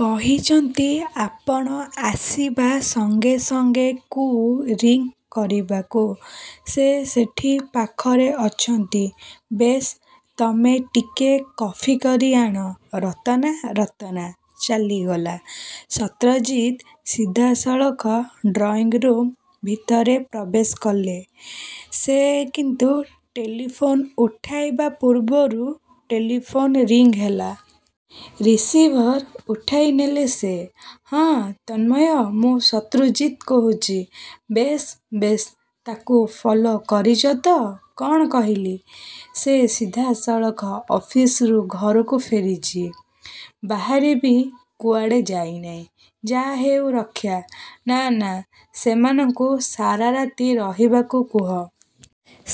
କହିଛନ୍ତି ଆପଣ ଆସିବା ସଙ୍ଗେ ସଙ୍ଗେ କୁ ରିଂ କରିବାକୁ। ସେ ସେଇଠି ପାଖରେ ଅଛନ୍ତି। ବେଶ୍, ତମେ ଟିକିଏ କଫି କରିଆଣ ରତନା ରତନା ଚାଲିଗଲା। ଶତ୍ରଜିତ୍ ସିଧାସଳଖ ଡ୍ରଇଂରୁମ୍ ଭିତରେ ପ୍ରବେଶ କଲେ। ସେ କିନ୍ତୁ ଟେଲିଫୋନ୍ ଉଠାଇବା ପୂର୍ବରୁ ଟେଲିଫୋନ୍ ରିଂ ହେଲା। ରିସିଭର ଉଠାଇନେଲେ ସେ। ହଁ, ତନ୍ମୟ, ମୁଁ ଶତ୍ରୁଜିତ୍ କହୁଛି। ବେଶ୍ ବେଶ୍, ତାକୁ ଫଲୋ କରିଛ ତ? କ'ଣ କହିଲି? ସେ ସିଧାସଳଖ ଅଫିସରୁ ଘରକୁ ଫେରିଛି। ବାହାରେ ବି କୁଆଡ଼େ ଯାଇନାହିଁ? ଯାହାହେଉ, ରକ୍ଷା। ନା, ନା, ସେମାନଙ୍କୁ ସାରାରାତି ରହିବାକୁ କୁହ।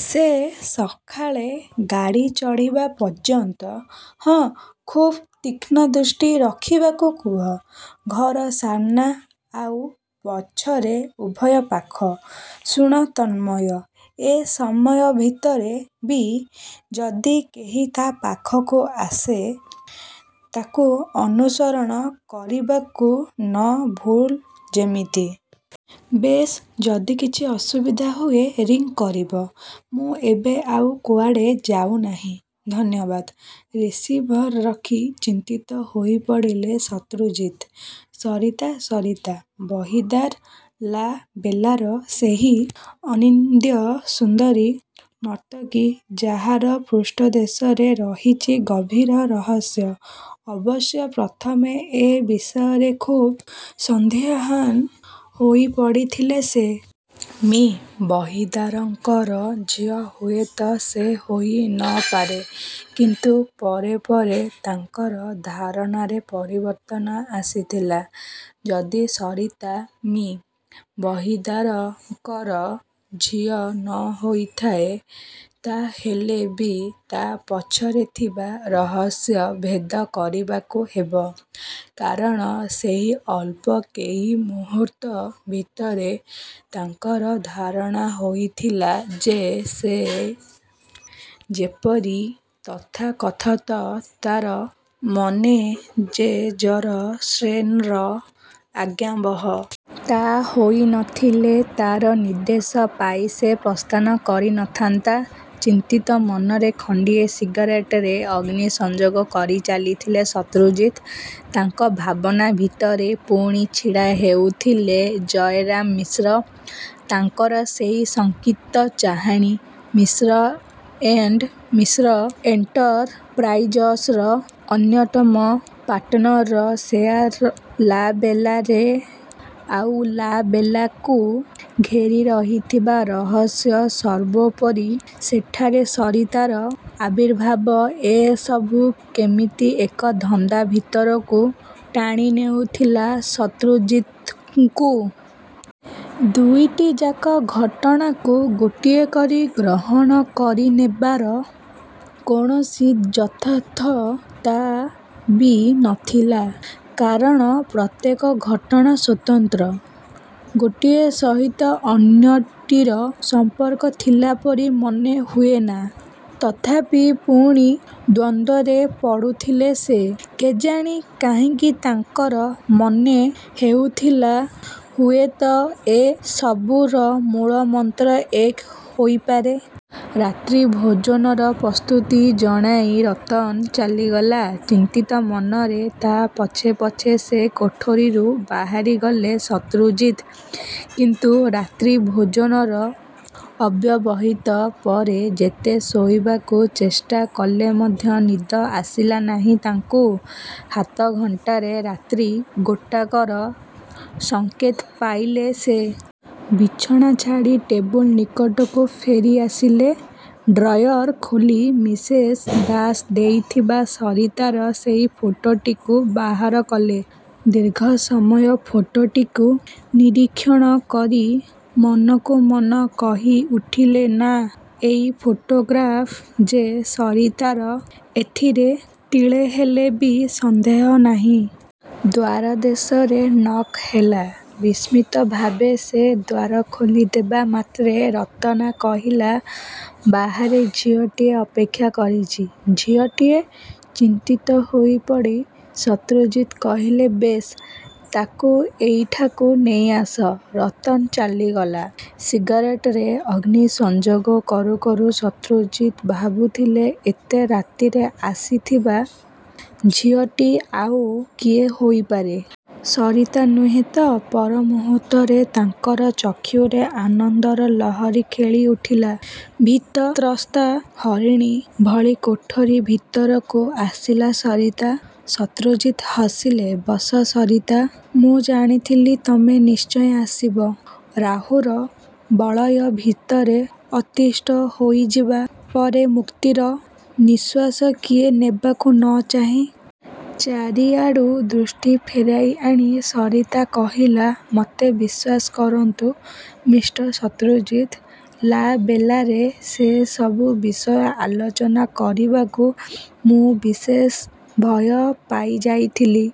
ସେ ସକାଳେ ଗାଡ଼ି ଚଢ଼ିବା ପର୍ଯ୍ୟନ୍ତ। ହଁ, ଖୁବ୍ ତୀକ୍ଷ୍ଣ ଦୃଷ୍ଟି ରଖିବାକୁ କୁହ। ଘର ସାମନା ଆଉ ପଛରେ, ଉଭୟ ପାଖ। ଶୁଣ ତନ୍ମୟ ଏ ସମୟ ଭିତରେ ବି ଯଦି କେହି ତା' ପାଖକୁ ଆସେ, ତାକୁ ଅନୁସରଣ କରିବାକୁ ନ ଭୁଲ୍ ଯେମିତି। ବେଶ୍, ଯଦି କିଛି ଅସୁବିଧା ହୁଏ ରିଂ କରିବ। ମୁଁ ଏବେ ଆଉ କୁଆଡ଼େ ଯାଉନାହିଁ। ଧନ୍ୟବାଦ। ରିସିଭର ରଖି ଚିନ୍ତିତ ହୋଇପଡ଼ିଲେ ଶତ୍ରୁଜିତ୍। ସରିତା, ସରିତା ବହିଦାର 'ଲା–ବେଲା'ର ସେଇ ଅନିନ୍ଦ୍ୟସୁନ୍ଦରୀ ନର୍ତ୍ତକୀ, ଯାହାର ପୃଷ୍ଠ ଦେଶରେ ରହିଛି ଗଭୀର ରହସ୍ୟ। ଅବଶ୍ୟ ପ୍ରଥମେ ଏ ବିଷୟରେ ଖୁବ୍ ସନ୍ଦିହାନ ହୋଇପଡ଼ିଥିଲେ ସେ। ମି: ବହିଦାରଙ୍କର ଝିଅ ହୁଏତ ସେ ହୋଇ ନ ପାରେ କିନ୍ତୁ ପରେ ପରେ ତାଙ୍କର ଧାରଣାରେ ପରିବର୍ତ୍ତନ ଆସିଥିଲା। ଯଦି ସରିତା ମି: ବହିଦାରଙ୍କର ଝିଅ ନ ହୋଇଥାଏ ,ତା' ହେଲେ ବି ତା' ପଛରେ ଥିବା ରହସ୍ୟ ଭେଦ କରିବାକୁ ହେବ। କାରଣ ସେଇ ଅଳ୍ପ କେଇ ମୁହୂର୍ତ୍ତ ଭିତରେ ତାଙ୍କର ଧାରଣା ହୋଇଥିଲା, ଯେ ସେ ଯେପରି ତଥାକଥିତ ତା'ର ମନେଜେଜର ସେନ୍ର ଆଜ୍ଞାବହ। ତା' ହୋଇ ନ ଥିଲେ ତା'ର ନିର୍ଦ୍ଦେଶ ପାଇ ସେ ପ୍ରସ୍ଥାନ କରି ନଥାନ୍ତା। ଚିନ୍ତିତ ମନରେ ଖଣ୍ଡିଏ ସିଗାରେଟରେ ଅଗ୍ନି ସଂଯୋଗ କରିଚାଲିଥିଲେ ଶତ୍ରୁଜିତ। ତାଙ୍କ ଭାବନା ଭିତରେ ପୁଣି ଛିଡ଼ା ହେଉଥିଲେ ଜୟରାମ ମିଶ୍ର। ତାଙ୍କର ସେଇ ଶଙ୍କିତ ଚାହାଣି। ମିଶ୍ର ଏଣ୍ଡ୍ ମିଶ୍ର ଏଣ୍ଟେରପ୍ରାଏଯଶର ଅନ୍ୟତମ ପାର୍ଟନରର ସେୟାର ଲା ବେଲାରେ ଆଉ ଲା-ବେଲାକୁ ଘେରି ରହିଥିବା ରହସ୍ୟ, ସର୍ବୋପରି ସେଠାରେ ସରିତାର ଆବିର୍ଭାବ ଏସବୁ କେମିତି ଏକ ଧନ୍ଦା ଭିତରକୁ ଟାଣିନେଉଥିଲା ଶତ୍ରୁଜିତଙ୍କୁ। ଦୁଇଟିଯାକ ଘଟଣାକୁ ଗୋଟିଏ କରି ଗ୍ରହଣ କରିନେବାର କୌଣସି ଯଥାର୍ଥତା ବି ନ ଥିଲା କାରଣ ପ୍ରତ୍ୟେକ ଘଟଣା ସ୍ୱତନ୍ତ୍ର। ଗୋଟିଏ ସହିତ ଅନ୍ୟଟିର ସଂପର୍କ ଥିଲା ପରି ମନେ ହୁଏନା। ତଥାପି ପୁଣି ଦ୍ୱନ୍ଦ୍ୱରେ ପଡ଼ୁଥିଲେ ସେ। କେଜାଣି କାହିଁକି ତାଙ୍କର ମନେ ହେଉଥିଲା ହୁଏତ ଏ ସବୁର ମୂଳମନ୍ତ୍ର ଏକ ହୋଇପାରେ। ରାତ୍ରିଭୋଜନର ପ୍ରସ୍ତୁତି ଜଣାଇ ରତନ ଚାଲିଗଲା। ଚିନ୍ତିତ ମନରେ ତା' ପଛେ ପଛେ ସେ କୋଠରିରୁ ବାହାରିଗଲେ ଶତ୍ରୁଜିତ୍ କିନ୍ତୁ ରାତ୍ରିଭୋଜନର ଅବ୍ୟବହିତ ପରେ ଯେତେ ଶୋଇବାକୁ ଚେଷ୍ଟା କଲେ ମଧ୍ୟ ନିଦ ଆସିଲା ନାହିଁ ତାଙ୍କୁ। ହାତଘଣ୍ଟାରେ ରାତ୍ରି ଗୋଟାକର ସଙ୍କେତ ପାଇଲେ ସେ। ବିଛଣା ଛାଡ଼ି ଟେବୁଲ ନିକଟକୁ ଫେରିଆସିଲେ। ଡ୍ରୟର ଖୋଲି ମିସେସ ଦାସ ଦେଇଥିବା ସରିତାର ସେଇ ଫଟୋଟିକୁ ବାହାର କଲେ। ଦୀର୍ଘ ସମୟ ଫଟୋଟିକୁ ନିରୀକ୍ଷଣ କରି ମନକୁମନ କହି ଉଠିଲେ ନା, ଏଇ ଫଟୋଗ୍ରାଫ୍ ଯେ ସରିତାର ଏଥିରେ ତିଳେହେଲେ ବି ସନ୍ଦେହ ନାହିଁ। ଦ୍ୱାରଦେଶରେ ନକ୍ ହେଲା। ବିସ୍ମିତ ଭାବରେ ସେ ଦ୍ୱାର ଖୋଲିଦେବା ମାତ୍ରେ ରତନା କହିଲା ବାହାରେ ଝିଅଟିଏ ଅପେକ୍ଷା କରିଛି। ଝିଅଟିଏ! ଚିନ୍ତିତ ହୋଇପଡ଼ି ଶତ୍ରୁଜିତ୍ କହିଲେ ବେଶ୍, ତାକୁ ଏଇଠାକୁ ନେଇଆସ। ରତନ ଚାଲିଗଲା। ସିଗାରେଟରେ ଅଗ୍ନି ସଂଯୋଗ କରୁକରୁ ଶତ୍ରୁଜିତ୍ ଭାବୁଥିଲେ ଏତେ ରାତିରେ ଆସିଥିବା ଝିଅଟି ଆଉ କିଏ ହୋଇପାରେ? ସରିତା ନୁହେଁ ତ! ପର ମୁହୂର୍ତ୍ତରେ ତାଙ୍କର ଚକ୍ଷୁରେ ଆନନ୍ଦର ଲହରୀ ଖେଳି ଉଠିଲା। ଭୀତତ୍ରସ୍ତା ହରିଣୀ ଭଳି କୋଠରି ଭିତରକୁ ଆସିଲା ସରିତା। ଶତ୍ରୁଜିତ୍ ହସିଲେ ବସ, ସରିତା, ମୁଁ ଜାଣିଥିଲି ତମେ ନିଶ୍ଚୟ ଆସିବ। ରାହୁର ବଳୟ ଭିତରେ ଅତିଷ୍ଠ ହୋଇଯିବା ପରେ ମୁକ୍ତିର ନିଶ୍ୱାସ କିଏ ନେବାକୁ ନ ଚାହେଁ! ଚାରିଆଡ଼ୁ ଦୃଷ୍ଟି ଫେରାଇଆଣି ସରିତା କହିଲା ମୋତେ ବିଶ୍ୱାସ କରନ୍ତୁ, ମିଷ୍ଟର ଶତ୍ରୁଜିତ୍, ଲା-ବେଲାରେ ସେସବୁ ବିଷୟ ଆଲୋଚନା କରିବାକୁ ମୁଁ ବିଶେଷ ଭୟ ପାଇଯାଇଥିଲି।